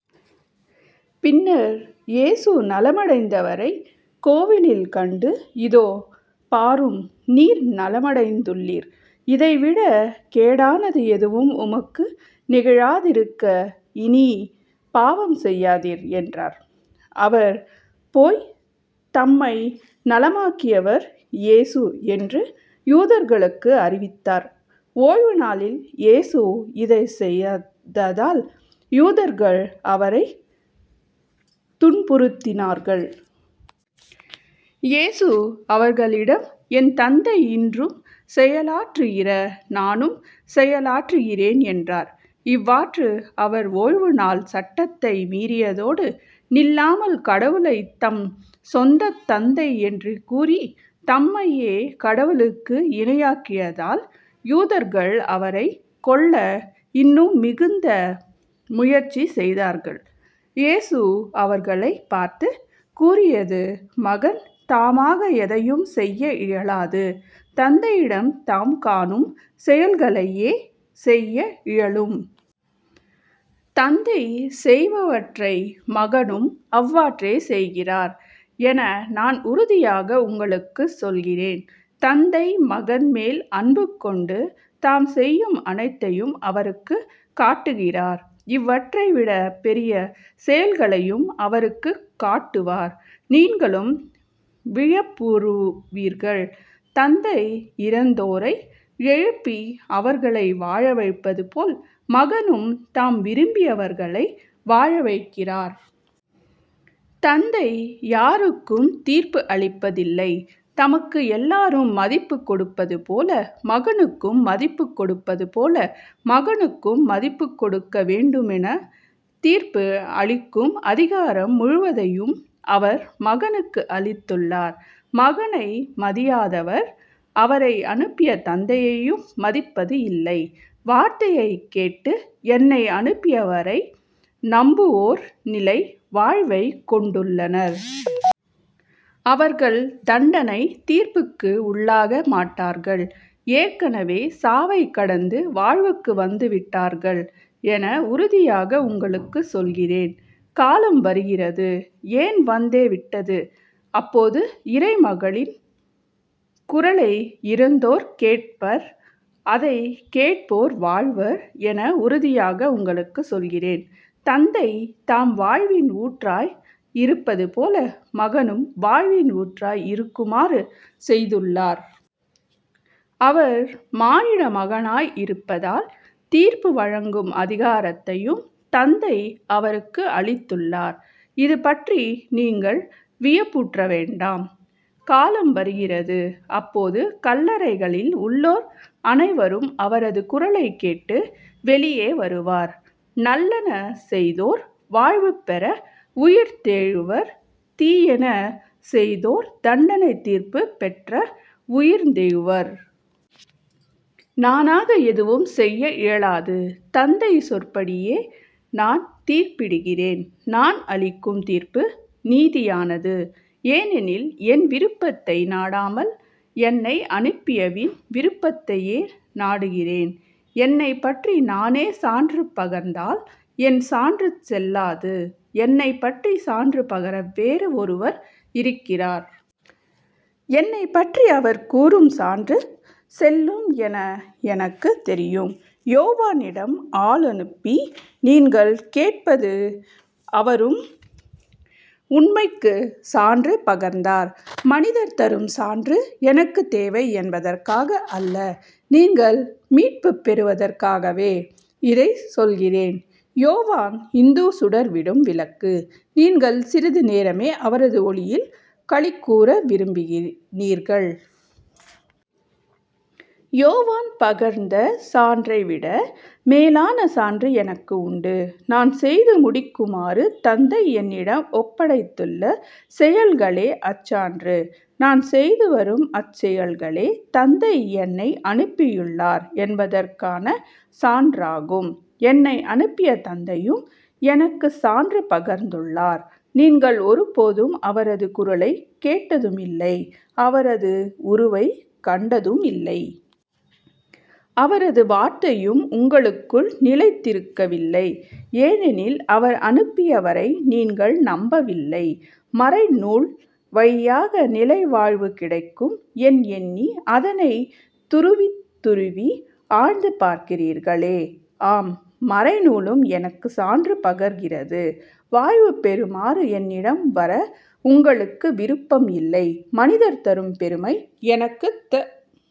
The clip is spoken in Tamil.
பின்னர் இயேசு நலமடைந்தவரைக் கோவிலில் கண்டு இதோ பாரும் நீர் நலமடைந்துள்ளீர் இதை விடக் கேடானது எதுவும் உமக்கு நிகழாதிருக்க இனிப் பாவம் செய்யாதீர் என்றார். அவர் போய் தம்மை நலமாக்கியவர் இயேசு என்று யூதர்களுக்கு அறிவித்தார். ஓய்வுநாளில் இயேசு இதைச் செய்ததால் யூதர்கள் அவரைத் துன்புறுத்தினார்கள். இயேசு அவர்களிடம் என் தந்தை இன்றும் செயலாற்றுகிற நானும் செயலாற்றுகிறேன் என்றார். இவ்வாறு அவர் ஓய்வு நாள் சட்டத்தை மீறியதோடு நில்லாமல் கடவுளைத் தம் சொந்தத் தந்தை என்று கூறித் தம்மையே கடவுளுக்கு இணையாக்கியதால் யூதர்கள் அவரைக் கொல்ல இன்னும் மிகுந்த முயற்சி செய்தார்கள். இயேசு அவர்களைப் பார்த்துக் கூறியது மகன் தாமாக எதையும் செய்ய இயலாது தந்தையிடம் தாம் காணும் செயல்களையே செய்ய இயலும். தந்தை செய்பவற்றை மகனும் அவ்வாற்றே செய்கிறார் என நான் உறுதியாக உங்களுக்குச் சொல்கிறேன். தந்தை மகன் மேல் அன்பு கொண்டு தாம் செய்யும் அனைத்தையும் அவருக்குக் காட்டுகிறார் இவற்றைவிடப் பெரிய செயல்களையும் அவருக்குக் காட்டுவார். நீங்களும் வியப்புறுவீர்கள். தந்தை இறந்தோரை எழுப்பி அவர்களை வாழ வைப்பதுபோல மகனும் தாம் விரும்பியவர்களை வாழவைக்கிறார். தந்தை யாருக்கும் தீர்ப்பு அளிப்பதில்லை. தமக்கு எல்லாரும் மதிப்புக் கொடுப்பதுபோல மகனுக்கும் மதிப்புக்கொடுப்பதுபோல மகனுக்கும் மதிப்புக்கொடுக்க வேண்டுமெனத் தீர்ப்பு அளிக்கும் அதிகாரம் முழுவதையும் அவர் மகனுக்கு அளித்துள்ளார். மகனை மதியாதவர் அவரை அனுப்பிய தந்தையையும் மதிப்பது இல்லை. வார்த்தையைக் கேட்டு என்னை அனுப்பியவரை நம்புவோர் நிலை வாழ்வைக் கொண்டுள்ளனர். அவர்கள் தண்டனைத் தீர்ப்புக்கு உள்ளாக மாட்டார்கள் ஏற்கெனவே சாவைக் கடந்து வாழ்வுக்கு வந்துவிட்டார்கள் என உறுதியாக உங்களுக்குச் சொல்கிறேன். காலம் வருகிறது ஏன் வந்தே விட்டது. அப்போது இறைமகனின் குரலை இறந்தோர் கேட்பர் அதைக் கேட்போர் வாழ்வர் என உறுதியாக உங்களுக்குச் சொல்கிறேன். தந்தை தாம் வாழ்வின் ஊற்றாய் இருப்பது போல மகனும் வாழ்வின் ஊற்றாய் இருக்குமாறு செய்துள்ளார். அவர் மானிடமகனாய் இருப்பதால் தீர்ப்பு வழங்கும் அதிகாரத்தையும் தந்தை அவருக்கு அளித்துள்ளார். இது பற்றி நீங்கள் வியப்புற வேண்டாம். காலம் வருகிறது அப்போது கல்லறைகளில் உள்ளோர் அனைவரும் அவரது குரலைக் கேட்டு வெளியே வருவர். நல்லன செய்தோர் வாழ்வு பெற உயிர்த்தெழுவர் தீயன செய்தோர் தண்டனைத் தீர்ப்புப் பெற்ற உயிர்த்தெழுவர். நானாக எதுவும் செய்ய இயலாது. தந்தை சொற்படியே நான் தீர்ப்பிடுகிறேன். நான் அளிக்கும் தீர்ப்பு நீதியானது. ஏனெனில் என் விருப்பத்தை நாடாமல் என்னை அனுப்பியவின் விருப்பத்தையே நாடுகிறேன். என்னைப்பற்றி நானே சான்று பகர்ந்தால் என் சான்று செல்லாது. என்னைப்பற்றி சான்று பகர வேறு ஒருவர் இருக்கிறார். என்னைப்பற்றி அவர் கூறும் சான்று செல்லும் என எனக்குத் தெரியும். யோவானிடம் ஆளனுப்பி நீங்கள் கேட்டபோது அவரும் உண்மைக்குச் சான்று பகர்ந்தார். மனிதர் தரும் சான்று எனக்குத் தேவை என்பதற்காக அல்ல நீங்கள் மீட்புப் பெறுவதற்காகவே இதைச் சொல்கிறேன். யோவான் இந்து சுடர்விடும் விளக்கு. நீங்கள் சிறிது நேரமே அவரது ஒளியில் களிகூர விரும்பினீர்கள். யோவான் பகர்ந்த சான்றை விட மேலான சான்று எனக்கு உண்டு. நான் செய்து முடிக்குமாறு தந்தை என்னிடம் ஒப்படைத்துள்ள செயல்களே அச்சான்று. நான் செய்துவரும் அச்செயல்களே தந்தை என்னை அனுப்பியுள்ளார் என்பதற்கான சான்றாகும். என்னை அனுப்பிய தந்தையும் எனக்குச் சான்று பகர்ந்துள்ளார். நீங்கள் ஒருபோதும் அவரது குரலைக் கேட்டதுமில்லை அவரது உருவைக் கண்டதுமில்லை. அவரது வார்த்தையும் உங்களுக்குள் நிலைத்திருக்கவில்லை ஏனெனில் அவர் அனுப்பிய வரை நீங்கள் நம்பவில்லை மறைநூல் வழியாக நிலைவாழ்வு கிடைக்கும் என் எண்ணி அதனைத் துருவித் துருவி ஆய்ந்து பார்க்கிறீர்களே. ஆம் மறைநூலும் எனக்குச் சான்று பகர்கிறது. வாழ்வு பெறுமாறு என்னிடம் வர உங்களுக்கு விருப்பம் இல்லை. மனிதர் தரும் பெருமை எனக்குத்